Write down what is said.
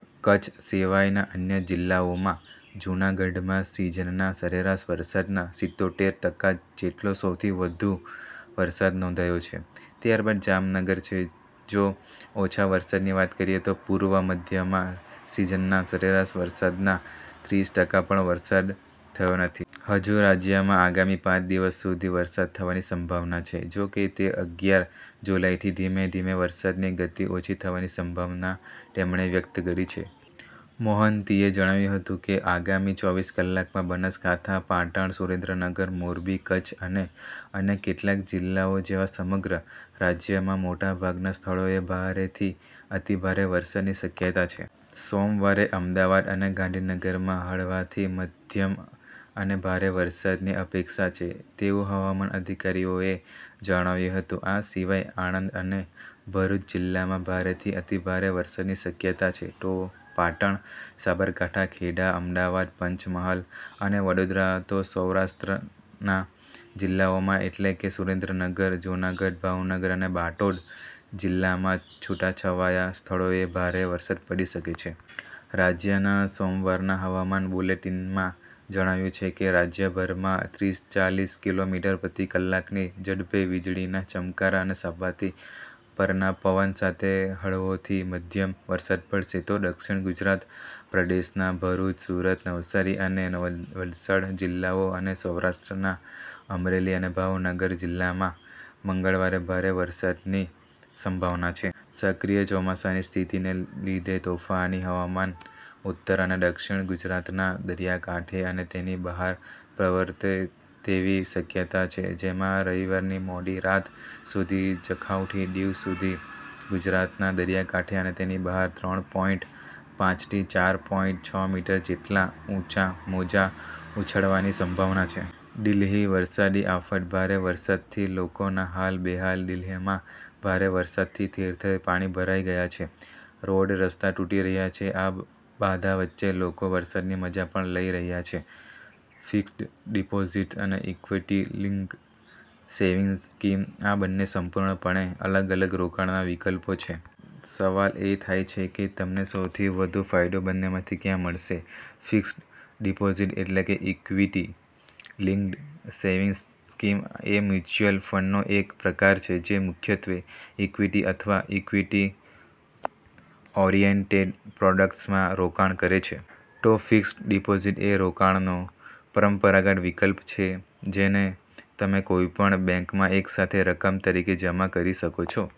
કચ્છ સિવાયના અન્ય જિલ્લાઓમાં, જૂનાગઢમાં સિઝનના સરેરાશ વરસાદના સિત્યોતેર ટકા જેટલો સૌથી વધુ વરસાદ નોંધાયો છે, ત્યારબાદ જામનગર છે. જો ઓછા વરસાદની વાત કરીએ તો, પૂર્વ મધ્યમાં સિઝનના સરેરાશ વરસાદના ત્રીસ ટકા પણ વરસાદ થયો નથી. હજુ રાજ્યમાં આગામી પાંચ દિવસ સુધી વરસાદ થવાની સંભાવના છે. જો કે, તે અગિયાર જુલાઈથી ધીમે ધીમે વરસાદની ગતી ઓછી થવાની સંભાવના તેમણે વ્યક્ત કરી છે. મોહંતીએ જણાવ્યું હતું કે, "આગામી ચોવીસ કલાકમાં, બનાસકાંઠા, પાટણ, સુરેન્દ્રનગર, મોરબી, કચ્છ અને અન્ય કેટલાક જિલ્લાઓ જેવા સમગ્ર રાજ્યમાં મોટાભાગના સ્થળોએ ભારેથી અતિભારે વરસાદની શક્યતા છે. " "સોમવારે અમદાવાદ અને ગાંધીનગરમાં હળવાથી મધ્યમ અને ભારે વરસાદની અપેક્ષા છે." તેવું હવામાન અધિકારીઓએ જણાવ્યું હતું. આ સિવાય "આણંદ અને ભરૂચ જિલ્લામાં ભારેથી અતિભારે વરસાદની શક્યતા છે. તો પાટણ, સાબરકાંઠા, ખેડા, અમદાવાદ, પંચમહાલ અને વડોદરા, તો સૌરાષ્ટ્રના જિલ્લાઓમાં, એટલે કે સુરેન્દ્રનગર, જૂનાગઢ, ભાવનગર અને બોટાદ જિલ્લામાં છૂટાછવાયા સ્થળોએ ભારે વરસાદ પડી શકે છે. રાજ્યના સોમવારના હવામાન બુલેટિનમાં જણાવાયું છે કે, રાજ્યભરમાં ત્રીસ-ચાલીસ કિલોમીટર પ્રતિ કલાકની ઝડપે વીજળીના ચમકારા અને સપાટી પરના પવન સાથે હળવોથી મધ્યમ વરસાદ પડશે. તો દક્ષિણ ગુજરાત પ્રદેશના ભરૂચ, સુરત, નવસારી અને વલસાડ જિલ્લાઓ અને સૌરાષ્ટ્રના અમરેલી અને ભાવનગર જિલ્લામાં મંગળવારે ભારે વરસાદની સંભાવના છે. સક્રિય ચોમાસાની સ્થિતિને લીધે, તોફાની હવામાન ઉત્તર અને દક્ષિણ ગુજરાતના દરિયાકાંઠે અને તેની બહાર પ્રવર્તે તેવી શક્યતા છે, જેમાં રવિવારની મોડી રાત સુધી જખાઉથી દીવ સુધી ગુજરાતના દરિયાકાંઠે અને તેની બહાર ત્રણ પોઈંટ પાંચ થી ચાર પોઈંટ છ મીટર જેટલા ઊંચા મોજાં ઉછળવાની સંભાવના છે. દિલ્હી વરસાદી આફત: ભારે વરસાદથી લોકોના હાલ બેહાલ? દિલ્હીમાં ભારે વરસાદથી ઠેર ઠેર પાણી ભરાઈ ગયા છે, રોડ રસ્તા તૂટી રહ્યા છે. આ બાધા વચ્ચે લોકો વરસાદની મજા પણ લઈ રહ્યા છે. ફિક્સ્ડ ડિપોઝિટ્સ અને ઇક્વિટી લિંક્ડ સેવિંગ્સ સ્કીમ – આ બંને સંપૂર્ણપણે અલગ અલગ રોકાણના વિકલ્પો છે. સવાલ એ થાય છે કે તમને સૌથી વધુ ફાયદો બંનેમાંથી ક્યાં મળશે. ફિક્સ્ડ ડિપોઝિટ એટલે કે ઇક્વિટી લિંક્ડ સેવિંગ્સ સ્કીમ એ મ્યુચ્યુઅલ ફંડનો એક પ્રકાર છે, જે મુખ્યત્વે ઇક્વિટી અથવા ઇક્વિટી ઓરિએન્ટેડ પ્રોડક્ટ્સમાં રોકાણ કરે છે. તો ફિક્સ્ડ ડિપોઝિટ એ રોકાણનો પરંપરાગત વિકલ્પ છે, જેને તમે કોઈપણ બેંકમાં એક સાથે રકમ તરીકે જમા કરી શકો છો.